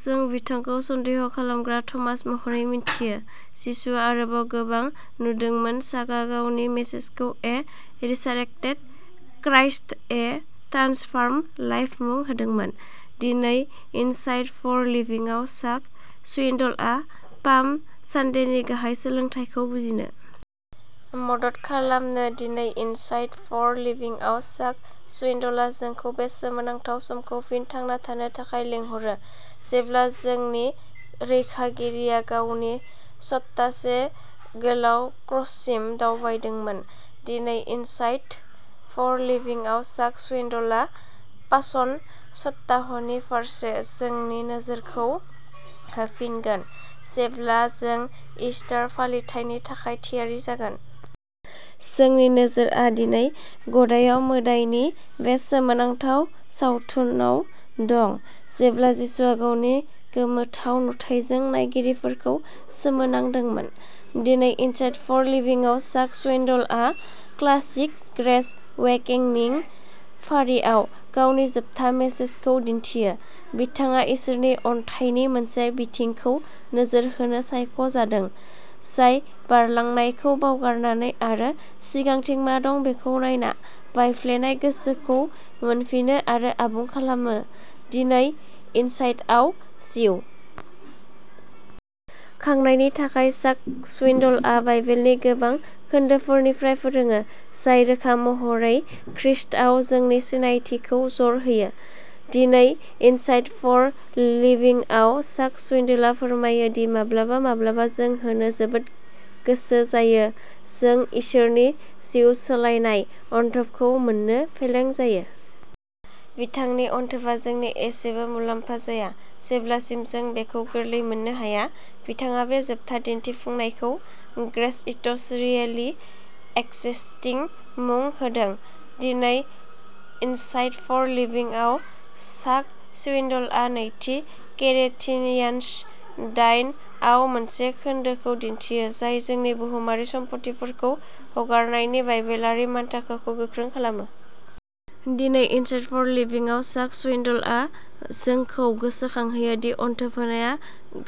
जों बिथांखौ सन्देह खालामग्रा थमास महरै मिन्थियो जिसुआ आरोबाव गोबां नुदोंमोन चाकआ गावनि मेसेजखौ a resurrected Christ a transform life मु होदोंमोन। दिनै इनसाइट फर लिभिंआव चाक स्विनडलआ पाम सानडेनि गाहाय सोलोंथायखौ बुजिनो। मदद खालामो दिनै इनसाइट फर लिभिंआव चाक स्विनडलआ जोंखौ बे सोमोनांथाव समखौ फिन थांना थानो थाखाय लिंहरो। जेब्ला जोंनि रैखागिरिया गावनि सप्तासे गोलाव क्रससिम दावबायदोंमोन। दिनै इनसाइट फर लिभिंआव चाक स्विनडलआ पासन सप्ताहनि फारसे जोंनि नोजोरखौ होफिनगोन जेब्ला जों ईस्टार फालिथायनि थाखाय थियारि जागोन। जोंनि नोजोरआ दिनै गदायाव मोदाइ नि बे सोमोनांथाव सावथुनाव दं जेब्ला जिसुआ गावनि गोमोथाव नुथाइजों नायगिरिफोरखौ सोमोनांदोंमोन। दिनै इनसाइट फर लिभिंआव चाक स्विनडलआ क्लासिक ग्रेस अवेकेनिं फारिआव गावनि जोबथा मेसेजखौ दिन्थियो। बिथाङा इसोरनि अनथाइनि मोनसे बिथिंखौ नोजोर होनो सायख'जादों जाय बारलांनायखौ बावगारनानै आरो सिगांथिं मा दं बेखौ नायना बायफ्लेनाय गोसोखौ मोनफिनो आरो आबुं खालामो। दिनै इनसाइटआव जिउ खांनायनि थाखाय चाक स्विनडलआ बाइबेलनि गोबां खोन्दोफोरनिफ्राय फोरोङो जाय रोखा महरै ख्रीष्टआव जोंनि सिनायथिखौ जर होयो। दिनै इनसाइट फर लिभिंआव चाक स्विनडलआ फोरमायो दि माब्लाबा माब्लाबा जों होनो जोबोद गोसो जायो जों इसोरनि जिउ सोलायनाय अनथोबखौ मोन्नो फेलें जायो। बिथांनि अनथोबआ जोंनि एसेबो मुलाम्फा जाया जेब्लासिम जों बेखौ गोरलैयै मोननो हाया बिथाङा बे जोबथा दिन्थिफुंनायखौ ग्रेस इट्स रियेलि एक्सेप्टिं मुं होदों। दिनै इनसाइट फर लिभिंआव चाक स्विनडलआ नैथि केरिथिरियान दाइन आव मोनसे खोन्दोखौ दिन्थियो जाय जोंनि बुहुमारि सम्फथिफोरखौ हगारनायनि बाइबेलारि मानथाखोखौ गोख्रों खालामो। दिनै इनसाइट फर लिभिंआव चाक स्विनडलआ जोंखौ गोसोखांहोयो दि अनथोब होनाया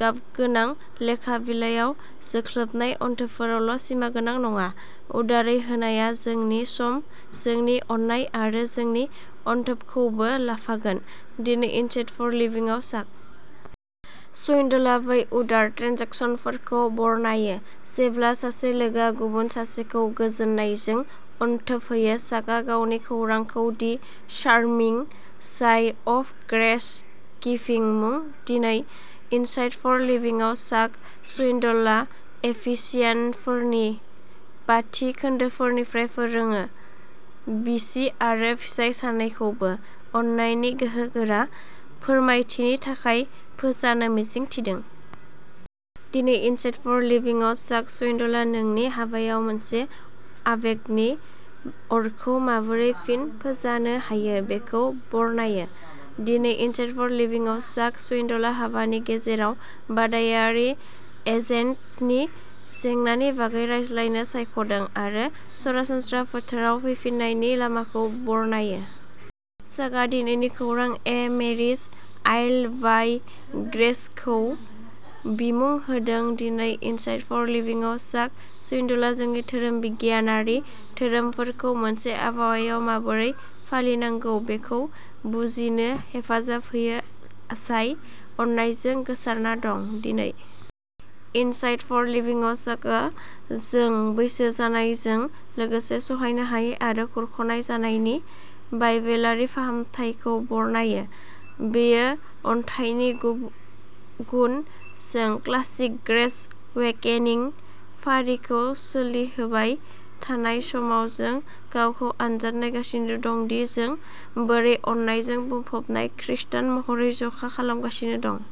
गाबगोनां लेखा बिलाइयाव जोख्लोबनाय अनथोबफोरावल' सिमागोनां नङा। उदारै होनाया जोंनि सम जोंनि अननाय आरो जोंनि अनथोबखौबो लाफागोन। दिनै इनसाइट फर लिभिंआव चाक -- स्विनडलआ बै उदार ट्रेन्जेकसनफोरखौ बरनायो जेब्ला सासे लोगोआ गुबुन सासेखौ गोजोननायजों अनथोब होयो चाकआ गावनि खौरांखौ the charming joy of grace giving मुं दिनै इनसाइट फर लिभिंआव चाक स्विनडलआ एफिसियानफोरनि बाथि खोन्दोनिफ्राय फोरोङो बिसि आरो फिसाय सानैखौबो अननायनि गोहोगोरा फोरमायथिनि थाखाय फोजानो मिजिं थिदों। दिनै इनसाइट फर लिभिंआव चाक स्विनडलआ नोंनि हाबायाव मोनसे आबेगनि अरखौ माबोरै फिन फोजानो हायो बेखौ बरनायो। दिनै इनसाइट फर लिभिंआव चाक स्विनडलआ हाबानि गेजेराव बादायारि एजेन्डनि जेंनानि बागै रायज्लायनो सायख'दों आरो सरासनस्रा फोथाराव फैफिन्नायनि लामाखौ बरनायो। चाकआ दिनैनि खौरां ए मेरिज आयल बाइ ग्रेसखौ बिमुं होदों दिनै इनसाइट फर लिभिंआव चाक स्विनडलआ जोंनि धोरोम बिगियानारि धोरोमफोरखौ मोनसे आबहावायाव माबोरै फालिनांगौ बेखौ बुजिनो हेफाजाब होयो जाय अननायजों गोसारना दं। दिनै इनसाइट फर लिभिंआव चाकआ जों बैसो जानायजों लोगोसे सहायनो हायै आरो खुरख'नाय जानायनि बाइबेलारि फाहामथायखौ बरनायो बेयो अनथायनि गुब गुन जों क्लासिक ग्रेस अवेकेनिं फारिखौ सोलिहोबाय थानाय समाव जों गावखौ आनजाद नायगासिनो दं दि जों बोरै अननायजों बुंफबनाय खृस्टान महरै जखा खालामजागासिनो दं।